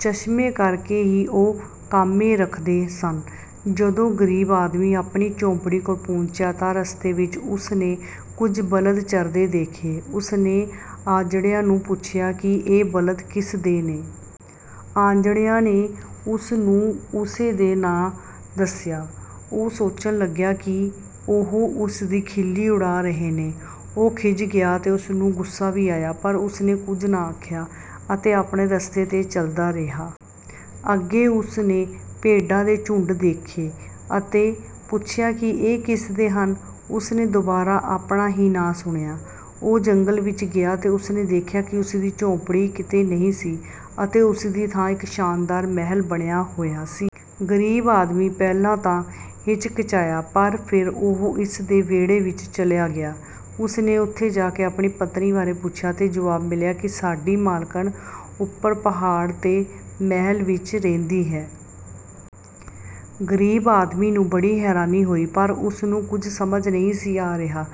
ਚਸ਼ਮੇ ਕਰਕੇ ਹੀ ਉਹ ਕਾਮੇ ਰੱਖਦੇ ਸਨ। ਜਦੋਂ ਗ਼ਰੀਬ ਆਦਮੀ ਆਪਣੀ ਝੌਂਪੜੀ ਕੋਲ ਪਹੁੰਚਿਆ ਤਾਂ ਰਸਤੇ ਵਿੱਚ ਉਸ ਨੇ ਕੁਝ ਬਲਦ ਚਰਦੇ ਦੇਖੇ। ਉਸ ਨੇ ਆਜੜੀਆਂ ਨੂੰ ਪੁੱਛਿਆ ਕਿ ਇਹ ਬਲਦ ਕਿਸ ਦੇ ਨੇ। ਆਜੜੀਆਂ ਨੇ ਉਸ ਨੂੰ ਉਸੇ ਦਾ ਨਾਂ ਦੱਸਿਆ। ਉਹ ਸੋਚਣ ਲੱਗਿਆ ਕਿ ਉਹ ਉਸ ਦੀ ਖਿੱਲੀ ਉਡਾ ਰਹੇ ਹਨ। ਉਹ ਖਿਝ ਗਿਆ ਅਤੇ ਉਸ ਨੂੰ ਗੁੱਸਾ ਵੀ ਆਇਆ, ਪਰ ਉਸ ਨੇ ਕੁਝ ਨਾ ਆਖਿਆ ਅਤੇ ਆਪਣੇ ਰਸਤੇ 'ਤੇ ਚੱਲਦਾ ਰਿਹਾ। ਅੱਗੇ ਉਸ ਨੇ ਭੇਡਾਂ ਦੇ ਝੁੰਡ ਦੇਖੇ ਅਤੇ ਪੁੱਛਿਆ ਕਿ ਇਹ ਕਿਸ ਦੇ ਹਨ। ਉਸ ਨੇ ਦੁਬਾਰਾ ਆਪਣਾ ਹੀ ਨਾਂ ਸੁਣਿਆ। ਉਹ ਜੰਗਲ ਵਿੱਚ ਗਿਆ ਤਾਂ ਉਸ ਨੇ ਦੇਖਿਆ ਕਿ ਉਸ ਦੀ ਝੌਂਪੜੀ ਕਿਤੇ ਨਹੀਂ ਸੀ ਅਤੇ ਉਸ ਦੀ ਥਾਂ ਇੱਕ ਸ਼ਾਨਦਾਰ ਮਹਿਲ ਬਣਿਆ ਹੋਇਆ ਸੀ। ਗ਼ਰੀਬ ਆਦਮੀ ਪਹਿਲਾਂ ਤਾਂ ਹਿਚਕਚਾਇਆ ਪਰ ਫਿਰ ਉਹ ਇਸ ਦੇ ਵਿਹੜੇ ਵਿੱਚ ਚਲਿਆ ਗਿਆ। ਉਸ ਨੇ ਉੱਥੇ ਜਾ ਕੇ ਆਪਣੀ ਪਤਨੀ ਬਾਰੇ ਪੁੱਛਿਆ ਤਾਂ ਜੁਆਬ ਮਿਲਿਆ ਕਿ ਸਾਡੀ ਮਾਲਕਣ ਉੱਪਰ ਪਹਾੜ 'ਤੇ ਮਹਿਲ ਵਿੱਚ ਰਹਿੰਦੀ ਹੈ। ਗ਼ਰੀਬ ਆਦਮੀ ਨੂੰ ਬੜੀ ਹੈਰਾਨੀ ਹੋਈ ਪਰ ਉਸ ਨੂੰ ਕੁਝ ਸਮਝ ਨਹੀਂ ਸੀ ਆ ਰਿਹਾ।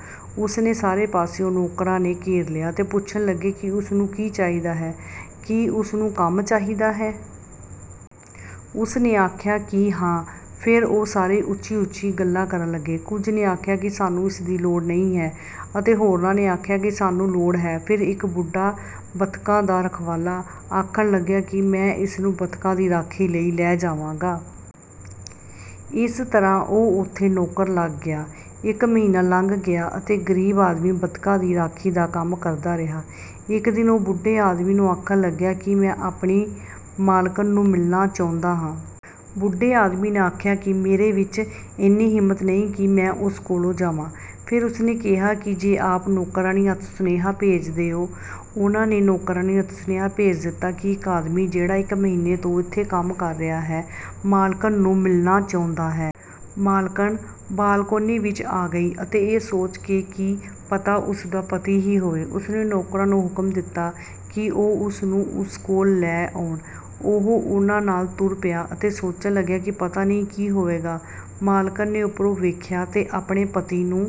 ਉਸ ਨੂੰ ਸਾਰੇ ਪਾਸਿਓਂ ਨੌਕਰਾਂ ਨੇ ਘੇਰ ਲਿਆ ਅਤੇ ਪੁੱਛਣ ਲੱਗੇ ਕਿ ਉਸ ਨੂੰ ਕੀ ਚਾਹੀਦਾ ਹੈ, ਕੀ ਉਸ ਨੂੰ ਕੰਮ ਚਾਹੀਦਾ ਹੈ। ਉਸ ਨੇ ਆਖਿਆ ਕਿ ਹਾਂ। ਫਿਰ ਉਹ ਸਾਰੇ ਉੱਚੀ-ਉੱਚੀ ਗੱਲਾਂ ਕਰਨ ਲੱਗੇ। ਕੁਝ ਨੇ ਆਖਿਆ ਕਿ ਸਾਨੂੰ ਇਸ ਦੀ ਲੋੜ ਨਹੀਂ ਹੈ ਅਤੇ ਹੋਰਨਾਂ ਨੇ ਆਖਿਆ ਕਿ ਸਾਨੂੰ ਲੋੜ ਹੈ। ਫਿਰ ਇੱਕ ਬੁੱਢਾ ਬੱਤਖਾਂ ਦਾ ਰਖਵਾਲਾ ਆਖਣ ਲੱਗਿਆ ਕਿ ਮੈਂ ਇਸ ਨੂੰ ਬੱਤਖਾਂ ਦੀ ਰਾਖੀ ਲਈ ਲੈ ਜਾਵਾਂਗਾ। ਇਸ ਤਰ੍ਹਾਂ ਉਹ ਉੱਥੇ ਨੌਕਰ ਲੱਗ ਗਿਆ। ਇੱਕ ਮਹੀਨਾ ਲੰਘ ਗਿਆ ਅਤੇ ਗ਼ਰੀਬ ਆਦਮੀ ਬੱਤਖਾਂ ਦੀ ਰਾਖੀ ਦਾ ਕੰਮ ਕਰਦਾ ਰਿਹਾ। ਇੱਕ ਦਿਨ ਉਹ ਬੁੱਢੇ ਆਦਮੀ ਨੂੰ ਆਖਣ ਲੱਗਿਆ ਕਿ ਮੈਂ ਆਪਣੀ ਮਾਲਕਣ ਨੂੰ ਮਿਲਣਾ ਚਾਹੁੰਦਾ ਹਾਂ। ਬੁੱਢੇ ਆਦਮੀ ਨੇ ਆਖਿਆ ਕਿ ਮੇਰੇ ਵਿੱਚ ਐਨੀ ਹਿੰਮਤ ਨਹੀਂ ਕਿ ਮੈਂ ਉਸ ਕੋਲ ਜਾਵਾਂ। ਫਿਰ ਉਸ ਨੇ ਕਿਹਾ ਕਿ ਜੇ ਆਪਾਂ ਨੌਕਰਾਣੀ ਹੱਥ ਸੁਨੇਹਾ ਭੇਜ ਦੇਈਏ। ਉਨ੍ਹਾਂ ਨੇ ਨੌਕਰਾਣੀ ਹੱਥ ਸੁਨੇਹਾ ਭੇਜ ਦਿੱਤਾ ਕਿ ਇੱਕ ਆਦਮੀ, ਜਿਹੜਾ ਇੱਕ ਮਹੀਨੇ ਤੋਂ ਇੱਥੇ ਕੰਮ ਕਰ ਰਿਹਾ ਹੈ, ਮਾਲਕਣ ਨੂੰ ਮਿਲਣਾ ਚਾਹੁੰਦਾ ਹੈ। ਮਾਲਕਣ ਬਾਲਕੋਨੀ ਵਿੱਚ ਆ ਗਈ ਅਤੇ ਇਹ ਸੋਚ ਕੇ ਕਿ ਕੀ ਪਤਾ ਉਸ ਦਾ ਪਤੀ ਹੀ ਹੋਵੇ, ਉਸ ਨੇ ਨੌਕਰਾਂ ਨੂੰ ਹੁਕਮ ਦਿੱਤਾ ਕਿ ਉਹ ਉਸ ਨੂੰ ਉਸ ਕੋਲ ਲੈ ਆਉਣ। ਉਹ ਉਨ੍ਹਾਂ ਨਾਲ ਤੁਰ ਪਿਆ ਅਤੇ ਸੋਚਣ ਲੱਗਿਆ ਕਿ ਪਤਾ ਨਹੀਂ ਕੀ ਹੋਵੇਗਾ। ਮਾਲਕਣ ਨੇ ਉੱਪਰੋਂ ਵੇਖਿਆ ਤੇ ਆਪਣੇ ਪਤੀ ਨੂੰ